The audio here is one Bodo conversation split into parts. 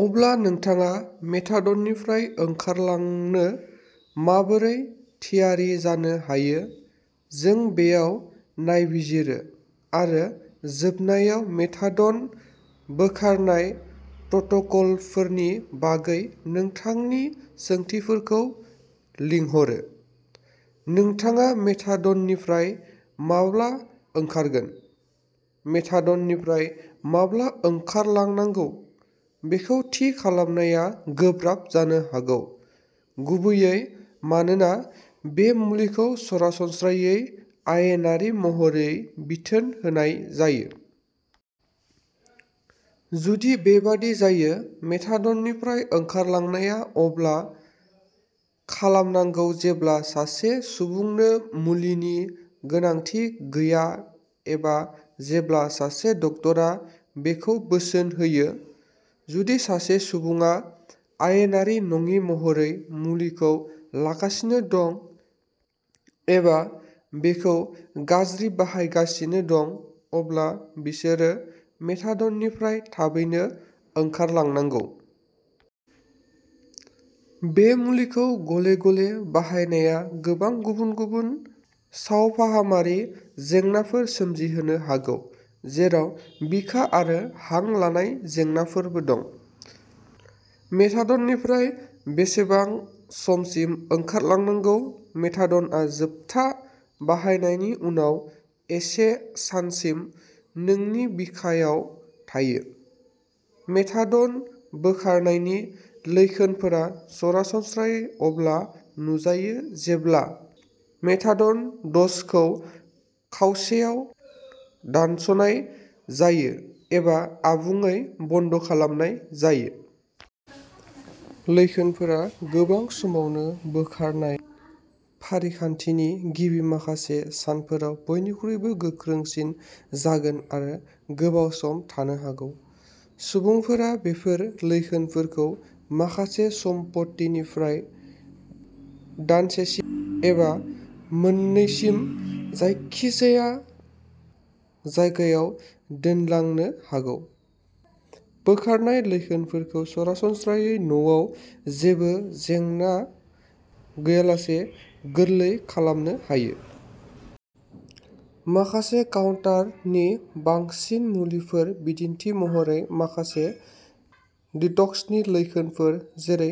अब्ला नोंथाङा मेथाडननिफ्राय ओंखारलांनो माबोरै थियारि जानो हायो? जों बेयाव नायबिजिरो, आरो जोबनायाव मेथाडन बोखारनाय प्रट'कलफोरनि बागै नोंथांनि सोंथिफोरखौ लिंहरो। नोंथाङा मेथाडननिफ्राय माब्ला ओंखारगोन? मेथाडननिफ्राय माब्ला ओंखारलांनांगौ बेखौ थि खालामनाया गोब्राब जानो हागौ, गुबैयै मानोना बे मुलिखौ सरासनस्रायै आयेनारि महरै बिथोन होनाय जायो। जुदि बेबादि जायो, मेथाडननिफ्राय ओंखारलांनाया अब्ला खालामनांगौ जेब्ला सासे सुबुंनो मुलिनि गोनांथि गैया एबा जेब्ला सासे डाक्टारा बेखौ बोसोन होयो। जुदि सासे सुबुङा आयेनारि नङि महरै मुलिखौ लागासिनो दं एबा बेखौ गाज्रि बाहायगासिनो दं, अब्ला बिसोरो मेथाडननिफ्राय थाबैनो ओंखारलांनांगौ। बे मुलिखौ गले-गले बाहायनाया गोबां गुबुन-गुबुन सावफाहामारि जेंनाफोर सोमजिहोनो हागौ, जेराव बिखा आरो हां लानाय जेंनाफोरबो दं। मेथाडननिफ्राय बेसेबां समसिम ओंखारलांनांगौ? मेथाडनआ जोबथा बाहायनायनि उनाव एसे सानसिम नोंनि बिखानथियाव थायो। मेथाडन बोखारनायनि लैखोनफोरा सरासनस्रायै अब्ला नुजायो जेब्ला मेथाडन द'जखौ खावसेयाव दानस'नाय जायो एबा आबुङै बन्द'खालामनाय जायो। लैखोनफोरा गोबां समावनो बोखारनाय फारिखान्थिनि गिबि माखासे सानफोराव बयनिख्रुइबो गोख्रोंसिन जागोन आरो गोबाव सम थानो हागौ। सुबुंफोरा बेफोर लैखोनफोरखौ माखासे सप्तानिफ्राय दानसेसिम, एबा मोननैसिम जायखिजाया जायगायाव मोनदांनो हागौ। बोखारनाय लैखोनफोरखौ सरासनस्रायै न'आव जेबो जेंना गैयालासे गोरलै खालामनो हायो। माखासे काउन्टार-नि-बांसिन मुलिफोर, बिदिन्थि महरै, माखासे डिटक्सनि लैखोनफोर जेरै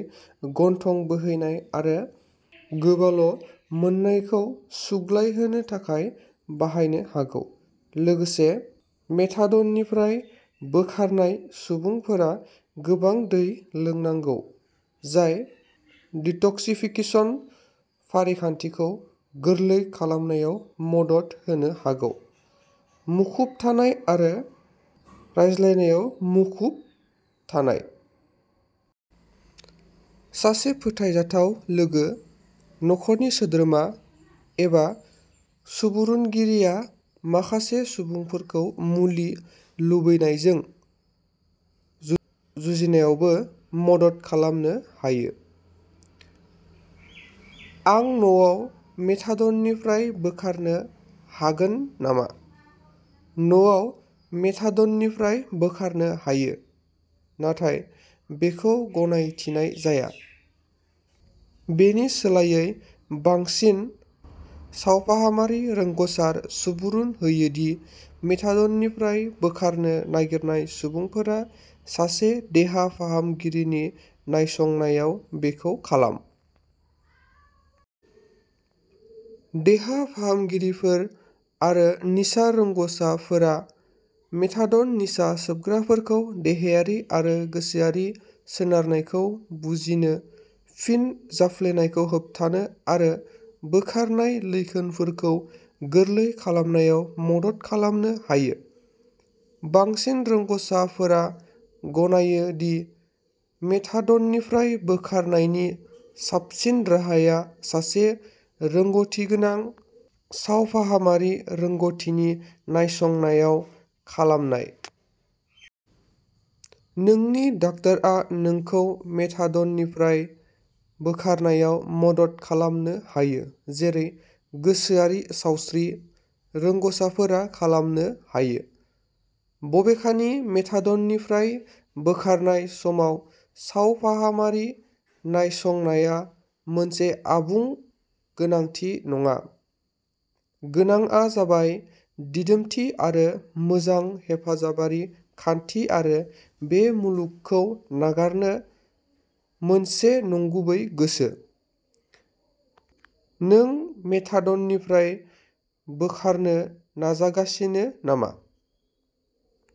गन्थं बोहैनाय आरो गोबाल'मोननायखौ सुग्लायहोनो थाखाय बाहायनो हागौ। लोगोसे, मेथाडननिफ्राय बोखारनाय सुबुंफोरा गोबां दै लोंनांगौ, जाय डिट'क्सिफिकेसन फारिखान्थिखौ गोरलै खालामनायाव मदद होनो हागौ। मुखुब थानाय आरो रायज्लायनायाव मुखुब थानाय। सासे फोथायजाथाव लोगो, नखरनि सोद्रोमा, एबा सुबुरुनगिरिआ माखासे सुबुंफोरखौ मुलि लुबैनायजों जुजिनायावबो मदद खालामनो हायो। आं न'आव मेथाडननिफ्राय बोखारनो हागोन नामा? न'आव मेथाडननिफ्राय बोखारनो हायो, नाथाय बेखौ गनायथिनाय जाया। बेनि सोलायै, बांसिन सावफाहामारि रोंग'साफोरा सुबुरुन होयो दि मेथाडननिफ्राय बोखारनो नागिरनाय सुबुंफोरा सासे देहा फाहामगिरिनि नायसंनायाव बेखौ खालाम। देहा फाहामगिरिफोर आरो निसा रोंग'साफोरा मेथाडन निसा सोबग्राफोरखौ देहायारि आरो गोसोआरि सोनारनायखौ बुजिनो, फिन जाफ्लेनायखौ होबथानो, आरो बोखारनाय लैखोनफोरखौ गोरलै खालामनायाव मदद खालामनो हायो। बांसिन रोंग'साफोरा गनायो दि मेथाडननिफ्राय बोखारनायनि साबसिन राहाया सासे रोंग'थिगोनां सावफाहामारि रोंग'थिनि नायसंनायाव खालामनाय। नोंनि डाक्टारआ नोंखौ मेथाडननिफ्राय बोखारनायाव मदद खालामनो हायो, जेरै गोसोआरि सावस्रि रोंग'साफोरा खालामनो हायो। बबेखानि, मेथाडननिफ्राय बोखारनाय समाव सावफाहामारि नायसंनाया मोनसे आबुं गोनांथि नङा। गोनांआ जाबाय दिदोमथि, मोनसे मोजां हेफाजाबारि खान्थि, आरो बे मुलिखौ नागारनो मोनसे नंगुबै गोसो। नों मेथाडननिफ्राय बोखारनो नाजागासिनो नामा?